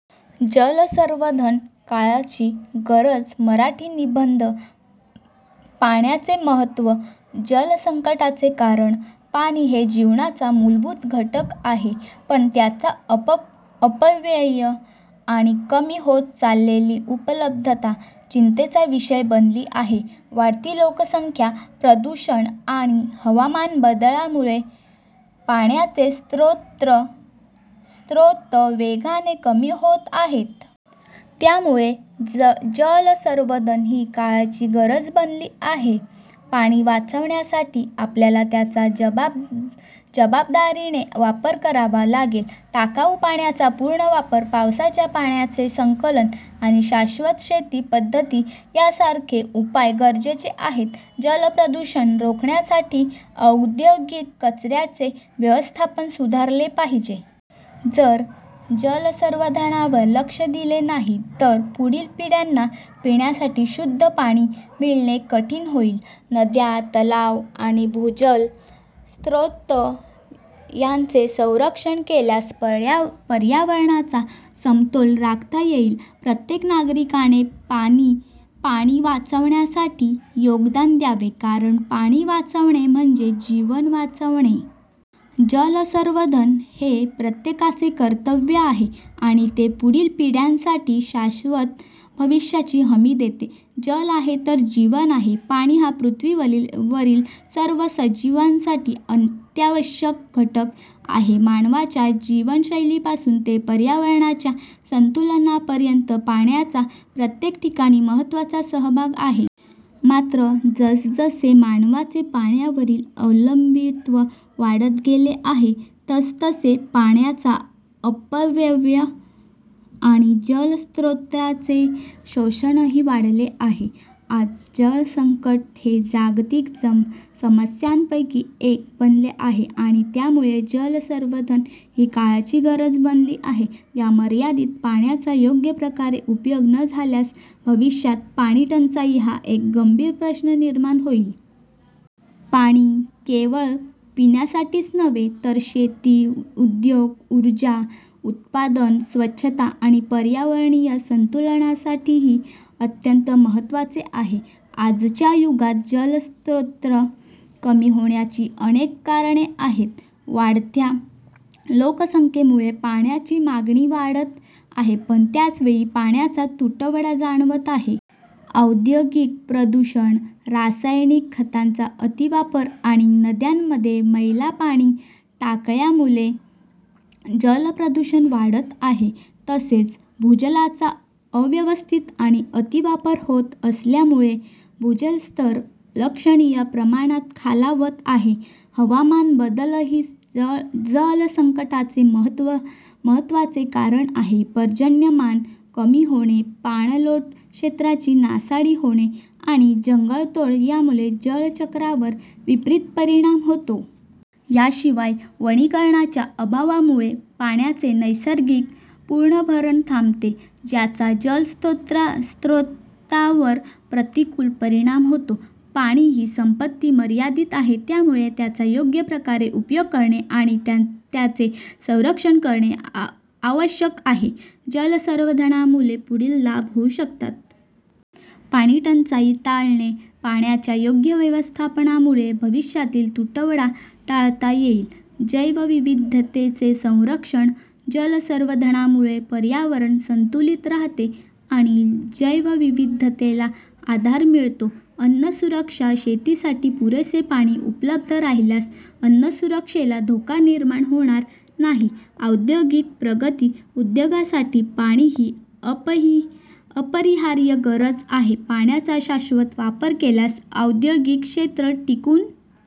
जलसंवर्धन काळाची गरज मराठी निबंध, पाण्याचे महत्त्व, जलसंकटाचे कारण. पाणी हे जीवनाचा मूलभूत घटक आहे, पण त्याचा अपव्यय आणि कमी होत चाललेली उपलब्धता चिंतेचा विषय बनली आहे. वाढती लोकसंख्या, प्रदूषण आणि हवामान बदलामुळे पाण्याचे स्रोत वेगाने कमी होत आहेत. त्यामुळे जलसंवर्धन ही काळाची गरज बनली आहे. पाणी वाचवण्यासाठी आपल्याला त्याचा जबाबदारीने वापर करावा लागेल. टाकाऊ पाण्याचा पुनर्वापर, पावसाच्या पाण्याचे संकलन आणि शाश्वत शेती पद्धती यांसारखे उपाय गरजेचे आहेत. जलप्रदूषण रोखण्यासाठी औद्योगिक कचऱ्याचे व्यवस्थापन सुधारले पाहिजे. जर जलसंवर्धनावर लक्ष दिले नाही तर पुढील पिढ्यांना पिण्यासाठी शुद्ध पाणी मिळणे कठीण होईल. नद्या, तलाव आणि भूजल स्रोत यांचे संरक्षण केल्यास पर्यावरणाचा समतोल राखता येईल. प्रत्येक नागरिकाने पाणी वाचवण्यासाठी योगदान द्यावे, कारण पाणी वाचवणे म्हणजे जीवन वाचवणे. जलसंवर्धन हे प्रत्येकाचे कर्तव्य आहे आणि ते पुढील पिढ्यांसाठी शाश्वत भविष्याची हमी देते. जल आहे तर जीवन आहे. पाणी हा पृथ्वीवरील सर्व सजीवांसाठी अत्यावश्यक घटक आहे. मानवाच्या जीवनशैलीपासून ते पर्यावरणाच्या संतुलनापर्यंत, पाण्याचा प्रत्येक ठिकाणी महत्त्वाचा सहभाग आहे. मात्र, जसजसे मानवाचे पाण्यावरील अवलंबित्व वाढत गेले आहे, तसतसे पाण्याचा अपव्यय आणि जलस्रोतांचे शोषणही वाढले आहे. आज जलसंकट हे जागतिक समस्यांपैकी एक बनले आहे आणि त्यामुळे जलसंवर्धन ही काळाची गरज बनली आहे. या मर्यादित पाण्याचा योग्य प्रकारे उपयोग न झाल्यास भविष्यात पाणीटंचाई हा एक गंभीर प्रश्न निर्माण होईल. पाणी केवळ पिण्यासाठीच नव्हे, तर शेती, उद्योग, ऊर्जा उत्पादन, स्वच्छता आणि पर्यावरणीय संतुलनासाठीही अत्यंत महत्त्वाचे आहे. आजच्या युगात जलस्रोत कमी होण्याची अनेक कारणे आहेत. वाढत्या लोकसंख्येमुळे पाण्याची मागणी वाढत आहे, पण त्याच वेळी पाण्याचा तुटवडा जाणवत आहे. औद्योगिक प्रदूषण, रासायनिक खतांचा अतिवापर आणि नद्यांमध्ये मैलापाणी टाकल्यामुळे जलप्रदूषण वाढत आहे. तसेच, भूजलाचा अव्यवस्थित आणि अतिवापर होत असल्यामुळे भूजलस्तर लक्षणीय प्रमाणात खालावत आहे. हवामान बदलही जलसंकटाचे महत्त्वाचे कारण आहे. पर्जन्यमान कमी होणे, पाणलोट क्षेत्रांची नासाडी होणे आणि जंगलतोड यामुळे जलचक्रावर विपरीत परिणाम होतो. याशिवाय, वनीकरणाच्या अभावामुळे पाण्याचे नैसर्गिक पुनर्भरण थांबते, ज्याचा जलस्रोतांवर प्रतिकूल परिणाम होतो. पाणी ही संपत्ती मर्यादित आहे. त्यामुळे त्याचा योग्य प्रकारे उपयोग करणे आणि त्याचे संरक्षण करणे आवश्यक आहे. जलसंवर्धनामुळे पुढील लाभ होऊ शकतात. पाणीटंचाई टाळणे, पाण्याच्या योग्य व्यवस्थापनामुळे भविष्यातील तुटवडा टाळता येईल. जैवविविधतेचे संरक्षण, जलसंवर्धनामुळे पर्यावरण संतुलित राहते आणि जैवविविधतेला आधार मिळतो. अन्नसुरक्षा, शेतीसाठी पुरेसे पाणी उपलब्ध राहिल्यास अन्नसुरक्षेला धोका निर्माण होणार नाही. औद्योगिक प्रगती, उद्योगांसाठी पाणी ही अपरिहार्य गरज आहे. पाण्याचा शाश्वत वापर केल्यास औद्योगिक क्षेत्र टिकून